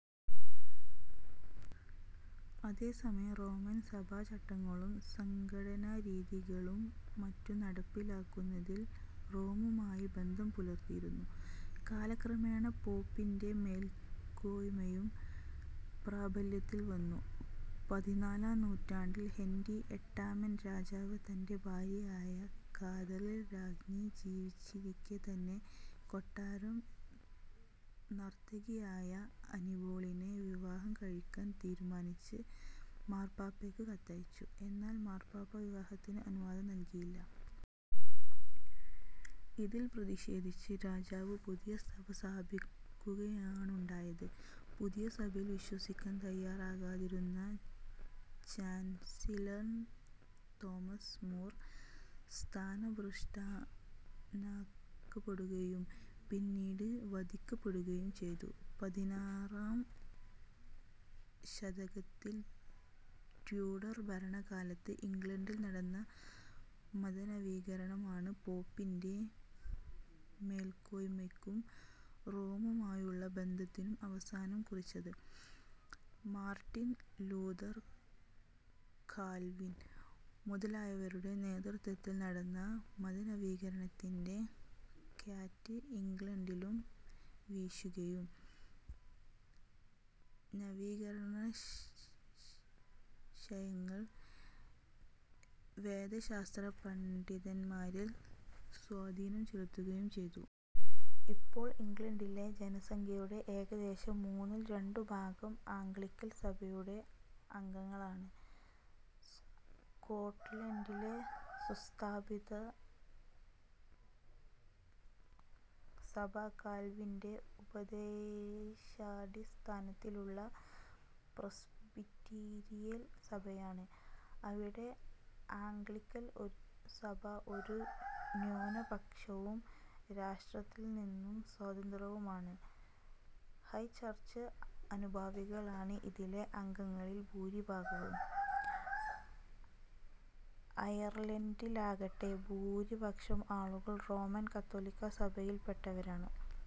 അതേസമയം റോമൻ സഭാചട്ടങ്ങളും സംഘടനാരീതികളും മറ്റും നടപ്പിലാക്കുന്നതിൽ റോമുമായി ബന്ധം പുലർത്തിയിരുന്നു. കാലക്രമേണ പോപ്പിന്റെ മേൽക്കോയ്മയും പ്രാബല്യത്തിൽവന്നു. പതിനാലാം നൂറ്റാണ്ടിൽ ഹെന്റി എട്ടാമൻ രാജാവ്, തന്റെ ഭാര്യയായ കാതറിൻ രാജ്ഞി ജീവിച്ചിരിക്കെതന്നെ കൊട്ടാരം നർത്തകിയായ അനിബോളിനെ വിവാഹം കഴിക്കാൻ തീരുമാനിച്ച് മാർപാപ്പയ്ക്ക് കത്തയച്ചു. എന്നാൽ മാർപാപ്പ വിവാഹത്തിന് അനുവാദം നല്കിയില്ല. ഇതിൽ പ്രതിക്ഷേധിച്ച് രാജാവ് പുതിയ സഭ സ്ഥാപിക്കുകയാണുണ്ടായത്. പുതിയ സഭയിൽ വിശ്വസിക്കാൻ തയ്യാറാകാതിരുന്ന ചാൻസിലർ തോമസ് മൂർ സ്ഥാനഭൃഷ്ടനാക്കപ്പെടുകയും പിന്നീട് വധിക്കപ്പെടുകയും ചെയ്തു. പതിനാറാം ശതകത്തിൽ റ്റ്യൂഡർ ഭരണകാലത്ത് ഇംഗ്ലണ്ടിൽ നടന്ന മതനവീകരണമാണ് പോപ്പിന്റെ മേൽക്കോയ്മയ്ക്കും റോമുമായുള്ള ബന്ധത്തിനും അവസാനം കുറിച്ചത്. മാർട്ടിൻ ലൂഥർ, കാൽവിൻ, മുതലയാവരുടെ നേതൃത്വത്തിൽ നടന്ന മതനവീകരണത്തിന്റെ കാറ്റ് ഇംഗ്ലണ്ടിലും വീശുകയും നവീകരണാശയങ്ങൾ വേദശാസ്ത്ര പണ്ഡിതൻമാരിൽ സ്വാധീനം ചെലുത്തുകയും ചെയ്തു. ഇപ്പോൾ ഇംഗ്ളണ്ടിലെ ജനസംഖ്യയുടെ ഏകദേശം മൂന്നിൽ രണ്ടുഭാഗം ആംഗ്ലിക്കൻ സഭയുടെ അംഗങ്ങളാണ്. സ്കോട്ട്ലൻഡിലെ സുസ്ഥാപിതസഭ കാൽവിന്റെ ഉപദേശാടിസ്ഥാനത്തിലുള്ള പ്രെസ്ബിറ്റീരിയൻ സഭയാണ്. അവിടെ ആംഗ്ളിക്കൻ സഭ ഒരു ന്യൂനപക്ഷവും രാഷ്ട്രത്തിൽനിന്നു സ്വതന്ത്രവും ആണ്. ഹൈചർച്ച് അനുഭാവികളാണ് ഇതിലെ അംഗങ്ങളിൽ ഭൂരിഭാഗവും. അയർലൻഡിലാകട്ടെ, ഭൂരിപക്ഷം ആളുകൾ റോമൻ കത്തോലിക്കാസഭയിൽപ്പെട്ടവരാണ്.